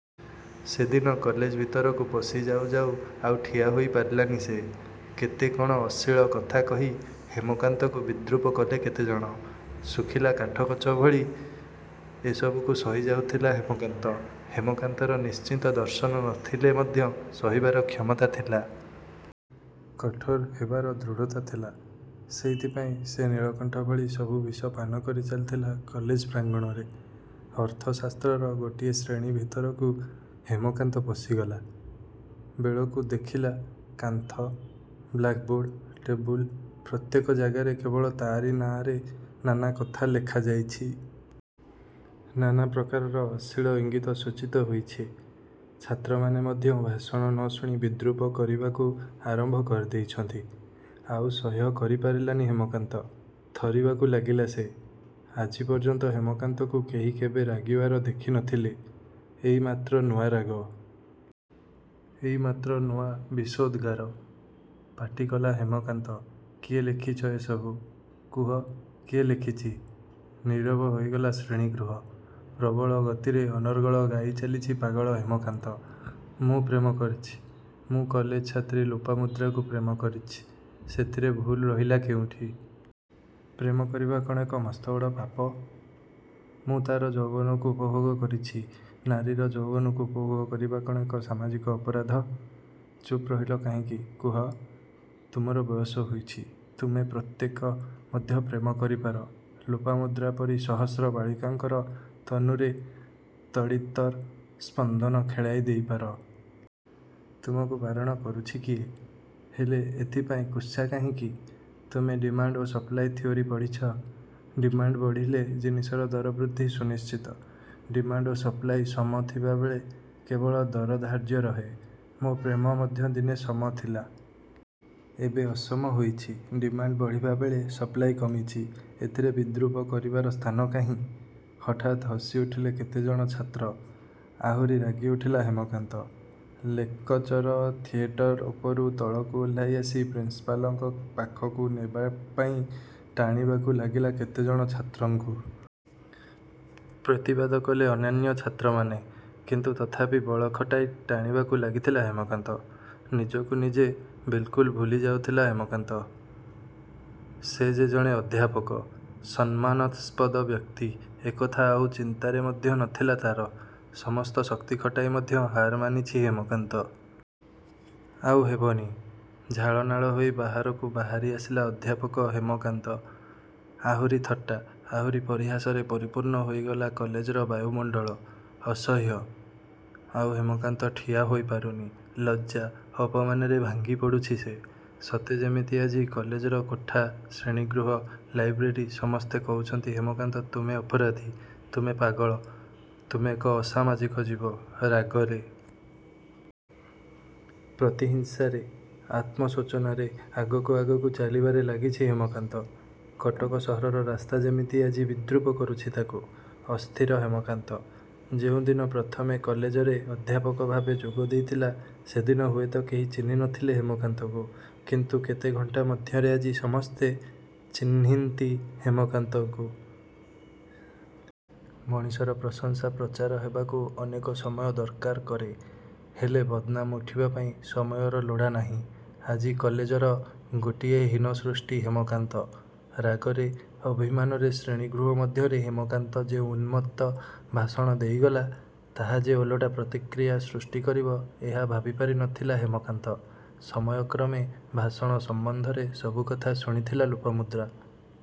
ସେଦିନ କଲେଜ ଭିତରକୁ ପଶିଯାଉ ଯାଉ ଆଉ ଠିଆ ହୋଇ ପାରିଲାନି ସେ। କେତେ କ'ଣ ଅଶ୍ଳୀଳ କଥା କହି ହେମକାନ୍ତକୁ ବିଦ୍ରୂପ କଲେ କେତେ ଜଣ। ଶୁଖିଲା କାଠଗଛ ଭଳି ଏସବୁକୁ ସହିଯାଉଥିଲା ହେମକାନ୍ତ। ହେମକାନ୍ତର ନିଶ୍ଚିତ ଦର୍ଶନ ନ ଥିଲେ ମଧ୍ୟ ସହିବାର କ୍ଷମତା ଥିଲା। କଠୋର ହେବାର ଦୃଢ଼ତା ଥିଲା। ସେଇଥିପାଇଁ ସେ ନୀଳକଣ୍ଠ ଭଳି ସବୁ ବିଷ ପାନ କରି ଚାଲିଥିଲା କଲେଜ ପ୍ରାଙ୍ଗଣରେ। ଅର୍ଥଶାସ୍ତ୍ରର ଗୋଟିଏ ଶ୍ରେଣୀ ଭିତରକୁ ହେମକାନ୍ତ ପଶିଗଲା। ବେଳକୁ ଦେଖିଲା କାନ୍ଥ, ବ୍ଲାକ୍‌ବୋର୍ଡ, ଟେବୁଲ, ପ୍ରତ୍ୟେକ ଜାଗାରେ କେବଳ ତା'ରି ନାଁରେ ନାନା କଥା ଲେଖାଯାଇଛି। ନାନା ପ୍ରକାରର ଅଶ୍ଳୀଳ ଇଙ୍ଗିତ ସୂଚିତ ହୋଇଛି। ଛାତ୍ରମାନେ ମଧ୍ୟ ଭାଷଣ ନ ଶୁଣି ବିଦ୍ରୂପ କରିବାକୁ ଆରମ୍ଭ କରିଦେଇଛନ୍ତି। ଆଉ ସହ୍ୟ କରି ପାରିଲାନି ହେମକାନ୍ତ। ଥରିବାକୁ ଲାଗିଲା ସେ। ଆଜି ପର୍ଯ୍ୟନ୍ତ ହେମକାନ୍ତକୁ କେହି କେବେ ରାଗିବାର ଦେଖି ନ ଥିଲେ। ଏଇ ମାତ୍ର ନୂଆ ରାଗ। ଏଇ ମାତ୍ର ନୂଆ ବିଷୋଦ୍‌ଗାର। ପାଟି କଲା ହେମକାନ୍ତ“କିଏ ଲେଖିଛ ଏ ସବୁ? କୁହ, କିଏ ଲେଖିଛି?”ନୀରବ ହୋଇଗଲା ଶ୍ରେଣୀଗୃହ। ପ୍ରବଳ ଗତିରେ ଅନର୍ଗଳ ଗାଇ ଚାଲିଛି ପାଗଳ ହେମକାନ୍ତ।“ମୁଁ ପ୍ରେମ କରିଛି। ମୁଁ କଲେଜ ଛାତ୍ରୀ ଲୋପାମୁଦ୍ରାକୁ ପ୍ରେମ କରିଛି। ସେଥିରେ ଭୁଲ ରହିଲା କେଉଁଠି? ପ୍ରେମ କରିବା କ'ଣ ଏକ ମସ୍ତବଡ଼ ପାପ? ମୁଁ ତା'ର ଯୌବନକୁ ଉପଭୋଗ କରିଛି ନାରୀର ଯୌବନକୁ ଉପଭୋଗ କରିବା କ'ଣ ଏକ ସାମାଜିକ ଅପରାଧ? ଚୁପ୍ ରହିଲ କାହିଁକି, କୁହ? ତୁମର ବୟସ ହୋଇଛି। ତୁମେ ପ୍ରତ୍ୟେକ ମଧ୍ୟ ପ୍ରେମ କରିପାର। ଲୋପାମୁଦ୍ରା ପରି ସହସ୍ର ବାଳିକାଙ୍କର ତନୁରେ ତଡ଼ିତ୍‌ର ସ୍ପନ୍ଦନ ଖେଳାଇ ଦେଇପାର। ତୁମକୁ ବାରଣ କରୁଛି କିଏ? ହେଲେ ଏଥିପାଇଁ କୁତ୍ସା କାହିଁକି? ତୁମେ ଡିମାଣ୍ଡ ଓ ସପ୍ଲାଇ ଥିଓରୀ ପଢ଼ିଛ। ଡିମାଣ୍ଡ ବଢ଼ିଲେ ଜିନିଷର ଦର ବୃଦ୍ଧି ସୁନିଶ୍ଚିତ। ଡିମାଣ୍ଡ ଓ ସପ୍ଲାଇ ସମ ଥିବାବେଳେ କେବଳ ଦର ଧାର୍ଯ୍ୟ ରହେ। ମୋ ପ୍ରେମ ମଧ୍ୟ ଦିନେ ସମ ଥିଲା। ଏବେ ଅସମ ହୋଇଛି। ଡିମାଣ୍ଡ ବଢ଼ିବାବେଳେ ସପ୍ଲାଇ କମିଛି। ଏଥିରେ ବିଦ୍ରୂପ କରିବାର ସ୍ଥାନ କାହିଁ?”ହଠାତ୍ ହସିଉଠିଲେ କେତେଜଣ ଛାତ୍ର। ଆହୁରି ରାଗି ଉଠିଲା ହେମକାନ୍ତ। ଲେକଚର ଥିଏଟର ଉପରୁ ତଳକୁ ଓହ୍ଲାଇ ଆସି ପ୍ରିନ୍ସିପାଲଙ୍କ ପାଖକୁ ନେବା ପାଇଁ ଟାଣିବାକୁ ଲାଗିଲା କେତେଜଣ ଛାତ୍ରଙ୍କୁ। ପ୍ରତିବାଦ କଲେ ଅନ୍ୟାନ୍ୟ ଛାତ୍ରମାନେ। କିନ୍ତୁ ତଥାପି ବଳ ଖଟାଇ ଟାଣିବାକୁ ଲାଗିଥିଲା ହେମକାନ୍ତ। ନିଜକୁ ନିଜେ ବିଲ୍‌କୁଲ୍ ଭୁଲି ଯାଉଥିଲା ହେମକାନ୍ତ। ସେ ଯେ ଜଣେ ଅଧ୍ୟାପକ, ସମ୍ମାନସ୍ପଦ ବ୍ୟକ୍ତି ଏକଥା ଆଉ ଚିନ୍ତାରେ ମଧ୍ୟ ନ ଥିଲା ତା'ର। ସମସ୍ତ ଶକ୍ତି ଖଟାଇ ମଧ୍ୟ ହାର ମାନିଛି ହେମକାନ୍ତ। ଆଉ ହେବନି। ଝାଳନାଳ ହୋଇ ବାହାରକୁ ବାହାରି ଆସିଲା ଅଧ୍ୟାପକ ହେମକାନ୍ତ। ଆହୁରି ଥଟ୍ଟା, ଆହୁରି ପରିହାସରେ ପରିପୂର୍ଣ୍ଣ ହୋଇଗଲା କଲେଜର ବାୟୁମଣ୍ଡଳ। ଅସହ୍ୟ। ଆଉ ହେମକାନ୍ତ ଠିଆ ହୋଇପାରୁନି। ଲଜ୍ଜା, ଅପମାନରେ ଭାଙ୍ଗି ପଡ଼ୁଛି ସେ। ସତେ ଯେମିତି ଆଜି କଲେଜର କୋଠା, ଶ୍ରେଣୀଗୃହ, ଲାଇବ୍ରେରୀ ସମସ୍ତେ କହୁଛନ୍ତି“ହେମକାନ୍ତ, ତୁମେ ଅପରାଧୀ, ତୁମେ ପାଗଳ, ତୁମେ ଏକ ଅସାମାଜିକ ଜୀବ।”ରାଗରେ, ପ୍ରତିହିଂସାରେ, ଆତ୍ମଶୋଚନାରେ ଆଗକୁ ଆଗକୁ ଚାଲିବାରେ ଲାଗିଛି ହେମକାନ୍ତ। କଟକ ସହରର ରାସ୍ତା ଯେମିତି ଆଜି ବିଦ୍ରୂପ କରୁଛି ତାକୁ। ଅସ୍ଥିର ହେମକାନ୍ତ। ଯେଉଁ ଦିନ ପ୍ରଥମେ କଲେଜରେ ଅଧ୍ୟାପକ ଭାବରେ ଯୋଗ ଦେଇଥିଲା, ସେଦିନ ହୁଏତ କେହି ଚିହ୍ନି ନ ଥିଲେ ହେମକାନ୍ତକୁ। କିନ୍ତୁ କେତେ ଘଣ୍ଟା ମଧ୍ୟରେ ଆଜି ସମସ୍ତେ ଚିହ୍ନିନ୍ତି ହେମକାନ୍ତକୁ। ମଣିଷର ପ୍ରଶଂସା ପ୍ରଚାର ହେବାକୁ ଅନେକ ସମୟ ଦରକାର କରେ। ହେଲେ ବଦନାମ ଉଠିବା ପାଇଁ ସମୟର ଲୋଡ଼ା ନାହିଁ। ଆଜି କଲେଜର ଗୋଟିଏ ହୀନ ସୃଷ୍ଟି ହେମକାନ୍ତ। ରାଗରେ, ଅଭିମାନରେ ଶ୍ରେଣୀଗୃହ ମଧ୍ୟରେ ହେମକାନ୍ତ ଯେଉଁ ଉନ୍ମତ୍ତ ଭାଷଣ ଦେଇଗଲା, ତାହା ଯେ ଓଲଟା ପ୍ରତିକ୍ରିୟା ସୃଷ୍ଟି କରିବ, ଏହା ଭାବିପାରି ନ ଥିଲା ହେମକାନ୍ତ। ସମୟକ୍ରମେ ଭାଷଣ ସମ୍ବନ୍ଧରେ ସବୁ କଥା ଶୁଣିଥିଲା ଲୋପାମୁଦ୍ରା।